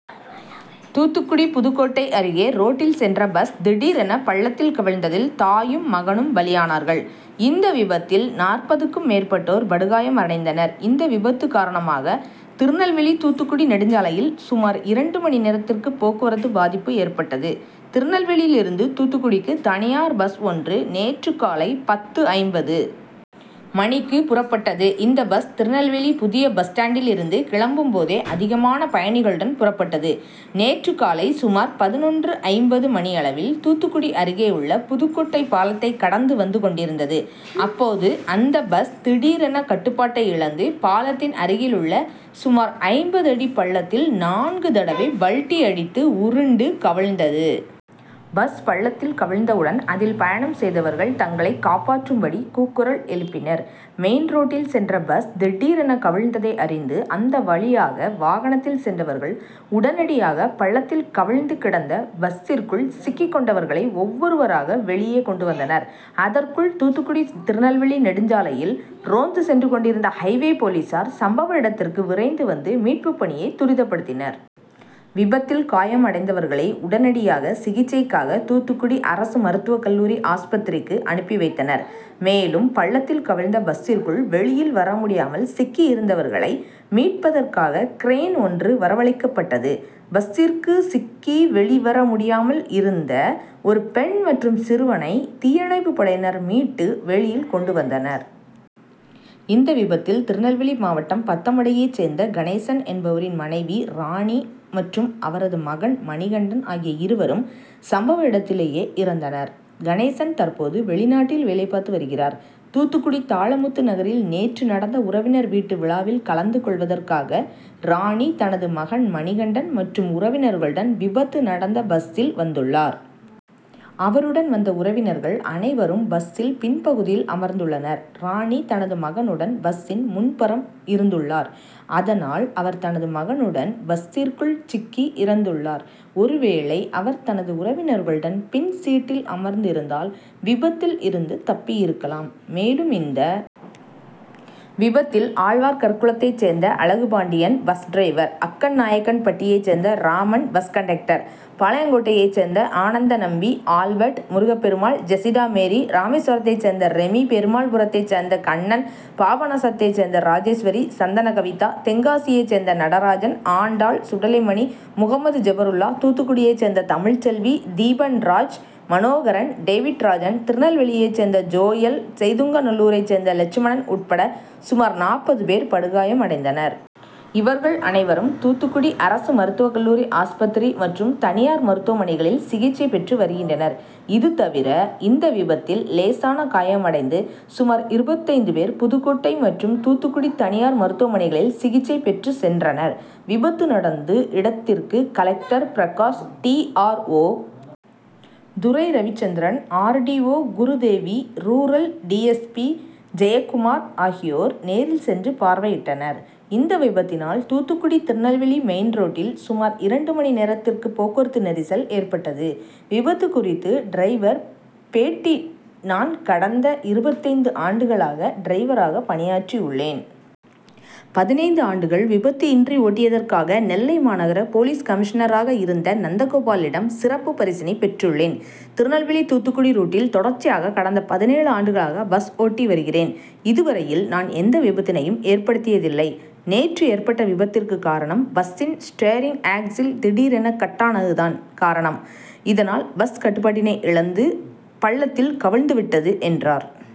தூத்துக்குடி புதுக்கோட்டை அருகே ரோட்டில் சென்ற பஸ் திடீரென பள்ளத்தில் கவிழ்ந்ததில் தாயும், மகனும் பலியானர்கள். இந்த விபத்தில் நாற்பதுக்கும் மேற்பட்டோர் படுகாயம் அடைந்தனர். இந்த விபத்து காரணமாக திருநெல்வேலி-தூத்துக்குடி நெடுஞ்சாலையில் சுமார் இரண்டு மணி நேரத்திற்கு போக்குவரத்து பாதிப்பு ஏற்பட்டது. திருநெல்வேலியில் இருந்து தூத்துக்குடிக்கு தனியார் பஸ் ஒன்று நேற்று காலை பத்து.ஐம்பது மணிக்கு புறப்பட்டது. இந்த பஸ் திருநெல்வேலி புதிய பஸ் ஸ்டாண்டில் இருந்து கிளம்பும் போதே அதிகமான பயணிகளுடன் புறப்பட்டது. நேற்று காலை சுமார் பதினொன்று.ஐம்பது மணியளவில் தூத்துக்குடி அருகேயுள்ள புதுக்கோட்டை பாலத்தை கடந்து வந்து கொண்டிருந்தது. அப்போது அந்த பஸ் திடீரென கட்டுபாட்டை இழந்து பாலத்தின் அருகில் உள்ள சுமார் ஐம்பது அடி பள்ளத்தில் நான்கு தடவை பல்டி அடித்து உருண்டு கவிழ்ந்தது. பஸ் பள்ளத்தில் கவிழ்ந்தவுடன் அதில் பயணம் செய்தவர்கள் தங்களை காப்பாற்றும் படி கூக்குரல் எழுப்பினர். மெயின்ரோட்டில் சென்ற பஸ் திடீரென கவிழ்ந்ததை அறிந்து அந்த வழியாக வாகனத்தில் சென்றவர்கள் உடனடியாக பள்ளத்தில் கவிழ்ந்து கிடந்த பஸ்சிற்குள் சிக்கிக் கொண்டவர்களை ஒவ்வொருவராக வெளியே கொண்டு வந்தனர். அதற்குள் தூத்துக்குடி-திருநெல்வேலி நெடுஞ்சாலையில் ரோந்து சென்று கொண்டிருந்த ஹைவே- போலீசார் சம்பவ இடத்திற்கு விரைந்து வந்து மீட்பு பணியை துரிதப்படுத்தினர். விபத்தில் காயம் அடைந்தவர்களை உடனடியாக சிகிச்சைக்காக தூத்துக்குடி அரசு மருத்துவக்கல்லூரி ஆஸ்பத்திரிக்கு அனுப்பி வைத்தனர். மேலும் பள்ளத்தில் கவிழ்ந்த பஸ்சிற்குள் வெ ளியில் வரமுடியாமல் சிக்கி இருந்தவர்களை மீட்பதற்காக கிரேன் ஒன்று வரவழைக்கப்பட்டது. பஸ்சிற்கு சிக்கி வெளிவரமுடியாமல் இருந்த ஒரு பெண் மற்றும் சிறுவனை தீயணைப்பு படையினர் மீட்டு வெளியில் கொண்டு வந்தனர். இந்த விபத்தில் திருநெல்வேலி மாவட்டம் பத்தமடையைச் சேர்ந்த கணேசன் என்பவரின் மனைவி ராணி மற்றும் அவரது மகன் மணிகண்டன் ஆகிய இருவரும் சம்பவ இடத்திலேயே இறந்தனர். கணேசன் தற்போது வெளிநாட்டில் வேலைபார்த்து வருகிறார். தூத்துக்குடி தாளமுத்துநகரில் நேற்று நடந்த உறவினர் வீட்டு விழாவில் கலந்து கொள்வதற்காகரா ணி தனது மகன் மணிகண்டன் மற்றும் உறவினர்களுடன் விபத்து நடந்த பஸ்சில் வந்துள்ளார். அவருடன் வந்த உறவினர்கள் அனைவரும் பஸ்சில் பின்பகுதியில் அமர்ந்துள்ளனர். ராணி தனது மகனுடன் பஸ்சின் முன்புறம் இருந்துள்ளார். அதனால் அவர் தனது மகனுடன் பஸ்சிற்குள் சிக்கி இறந்துள்ளார். ஒருவேளை அவர் தனது உறவினர்களுடன் பின்சீட்டில் அமர்ந்து இருந்தால் விபத்தில் இருந்து தப்பி இருக்கலாம். மேலும் இந்த விபத்தில் ஆழ்வார்கற்குளத்தை சேர்ந்த அழகுபாண்டியன் பஸ் டிரைவர், அக்கநாயக்கன்பட்டியைச் சேர்ந்த ராமன், பஸ் கண்டக்டர், பாளையங்கோட்டையைச் சேர்ந்த ஆனந்தநம்பி, ஆல்பர்ட், முருகபெருமாள், ஜெஸிடாமேரி, ராமேஸ்வரத்தை சேர்ந்த ரெமி, பெருமாள்புரத்தை சேர்ந்த கண்ணன், பாபநாசத்தை சேர்ந்த ராஜேஸ்வரி, சந்தனகவிதா, தென்காசியைச் சேர்ந்த நடராஜன், ஆண்டாள், சுடலைமணி, முகமது ஜெபருல்லா, தூத்துக்குடியைச் சேர்ந்த தமிழ்செல்வி, தீபன்ராஜ், மனோகரன், டேவிட்ராஜன், திருநெல்வேலியை சேர்ந்த ஜோயல், செய்துங்கநல்லூரைச் சேர்ந்த லட்சுமணன் உட்பட சுமார் நாற்பது பேர் படுகாயம் அடைந்தனர். இவர்கள் அனைவரும் தூத்துக்குடி அரசு மருத்துவக்கல்லூரி ஆஸ்பத்திரி மற்றும் தனியார் மருத்துவமனைகளில் சிகிச்சை பெற்று வருகின்றனர். இது தவிர இந்த விபத்தில் லேசான காயம் அடைந்து சுமார் இருபத்தைந்து பேர் புதுக்கோட்டை மற்றும் தூத்துக்குடி தனியார் மருத்துவமனைகளில் சிகிச்சை பெற்று சென்றனர். விபத்து நடந்து இடத்திற்கு collector Prakash, டிஆ ர்ஓ., Durai Ravichandran, RTO., Gurudevi, rural டிஎஸ்பி.,ஜெயக்குமார் ஆகியோர் நேரில் சென் று பார்வையிட்டனர். இந்த விபத்தினால் தூத்துக்குடி- திருநெல்வேலி மெயின் ரோட்டில் சுமார் இரண்டு மணி நேரத்திற்கு போக்குவரத்து நெரிசல் ஏற்பட்டது. விபத்து குறித்து டிரைவர் பேட்டி நான் கடந்த இருபத்தைந்து ஆண்டுகளாக டிரைவராக பணியாற்றி உள்ளேன். பதினைந்து ஆண்டுகள் விபத்து இன்றி ஓட்டியதற்காக நெல்லை மாநகர போலீஸ் கமிஷனராக இருந்த நந்தகோபாலிடம் சிறப்பு பரிசினை பெற்றுள்ளேன். திருநெல்வேலி- தூத்துக்குடி ரூட்டில் தொடர்ச்சியாக கடந்த பதினேழு ஆண்டுகளாக பஸ் ஓட்டி வருகிறேன். இதுவரையில் நான் எந்த விபத்தினையும் ஏற்படுத்தியதில்லை. நேற்று ஏற்பட்ட விபத்திற்கு காரணம் பஸ்சின் ஸ்டேரிங் ஆக்சில் திடீரென கட் ஆனது தான் காரணம். இதனால் பஸ் கட்டுபாட்டினை இழந்து பள்ளத்தில் கவிழந்து விட்டது என்றார்.